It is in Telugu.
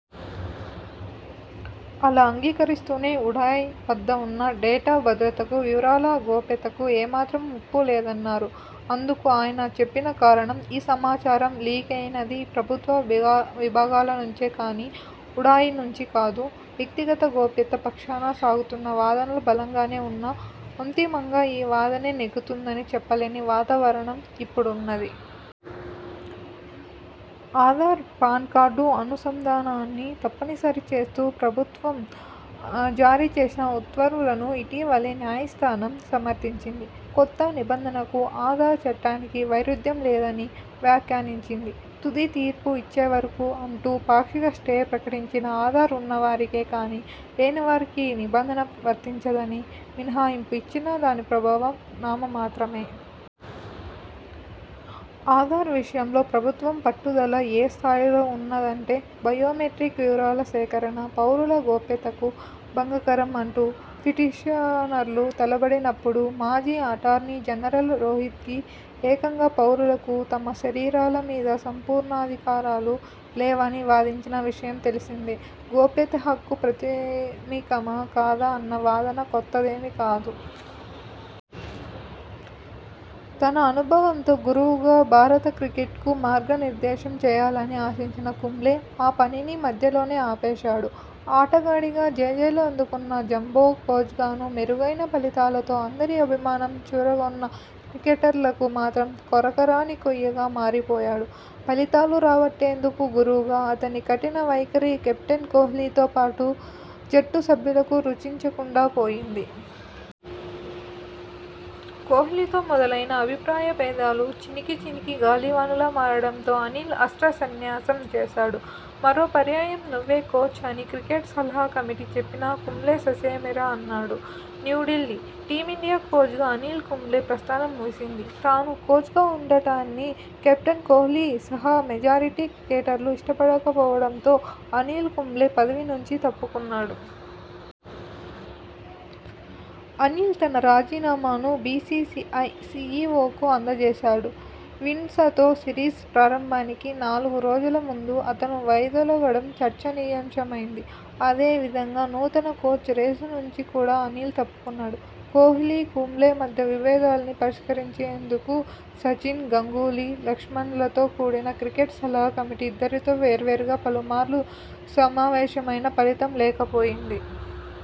అలా, అంగీకరిస్తూనే ఉడాయ్ వద్ద ఉన్న డేటా భద్రతకు, వివరాల గోప్యతకు ఏమాత్రం ముప్పులేదన్నారు. అందుకు ఆయన చెప్పిన కారణం, ఈ సమాచారం లీకైనది ప్రభుత్వ విభాగాలనుంచే కానీ, ఉడాయ్ నుంచి కాదు. వ్యక్తిగత గోప్యత పక్షాన సాగుతున్న వాదనలు బలంగానే ఉన్నా, అంతిమంగా ఈ వాదనే నెగ్గుతుందని చెప్పలేని వాతావరణం ఇప్పుడున్నది. ఆధార్–పాన్కార్డు అనుసంధానాన్ని తప్పనిసరి చేస్తూ ప్రభుత్వం జారీ చేసిన ఉత్తర్వులను ఇటీవలే న్యాయస్థానం సమర్థించింది. కొత్త నిబంధనకు, ఆధార్ చట్టానికీ వైరుధ్యంలేదని వ్యాఖ్యానించింది. తుది తీర్పు ఇచ్చేవరకూ అంటూ పాక్షిక స్టే ప్రకటించినా, ఆధార్ ఉన్నవారికే కానీ, లేనివారికి ఈ నిబంధన వర్తించదని మినహాయింపు ఇచ్చినా దాని ప్రభావం నామమాత్రమే. ఆధార్ విషయంలో ప్రభుత్వం పట్టుదల ఏ స్థాయిలో ఉన్నదంటే, బయోమెట్రిక్ వివరాల సేకరణ పౌరుల గోప్యతకు భంగకరం అంటూ పిటిషనర్లు తలబడినప్పుడు మాజీ అటార్నీ జనరల్ రొహిత్గీ ఏకంగా పౌరులకు తమ శరీరాలమీద సంపూర్ణాధికారాలు లేవని వాదించిన విషయం తెలిసిందే. గోప్యత హక్కు ప్రాథమికమా కాదా అన్న వాదన కొత్తదేమీ కాదు. తన అనుభవంతో గురువుగా భారత క్రికెట్కు మార్గనిర్దేశం చేయాలని ఆశించిన కుంబ్లే ఆ పనిని మధ్యలోనే ఆపేశాడు! ఆటగాడిగా జేజేలు అందుకున్న జంబో కోచ్గానూ మెరుగైన ఫలితాలతో అందరి అభిమానం చూరగొన్నా క్రికెటర్లకు మాత్రం కొరకరాని కొయ్యగా మారిపోయాడు! ఫలితాలు రాబట్టేందుకు గురువుగా అతని కఠిన వైఖరి కెప్టెన్ కోహ్లీతో పాటు జట్టు సభ్యులకు రుచించకుండా పోయింది! కోహ్లీతో మొదలైన అభిప్రాయ భేదాలు చినికిచినికి గాలివానలా మారడంతో అనిల్ అస్త్రసన్యాసం చేశాడు. 'మరో పర్యాయం నువ్వే కోచ్' అని క్రికెట్ సలహా కమిటీ చెప్పినా కుంబ్లే ససేమిరా అన్నాడు. న్యూఢిల్లీ: టీమిండియా కోచ్గా అనిల్ కుంబ్లే ప్రస్థానం ముగిసింది. తాను కోచ్గా ఉండడాన్ని కెప్టెన్ కోహ్లీ సహా మెజారిటీ క్రికెటర్లు ఇష్టపడకపోవడంతో అనిల్ కుంబ్లే పదవి నుంచి తప్పుకున్నాడు. అనిల్ తన రాజీనామాను బీసీసీఐ సీఈవోకు అందజేశాడు. విండీ్సతో సిరీస్ ప్రారంభానికి నాలుగు రోజుల ముందు అతను వైదొలగడం చర్చనీయాంశమైంది. అదే విధంగా నూతన కోచ్ రేసు నుంచి కూడా అనిల్ తప్పుకొన్నాడు. కోహ్లీ-కుంబ్లే మధ్య విభేదాల్ని పరిష్కరించేం దుకు సచిన్, గంగూలీ, లక్ష్మణ్లతో కూడిన క్రికెట్ సలహా కమిటీ ఇద్దరితో వేర్వేరుగా పలుమార్లు సమావేశమైనా ఫలితం లేకపోయింది.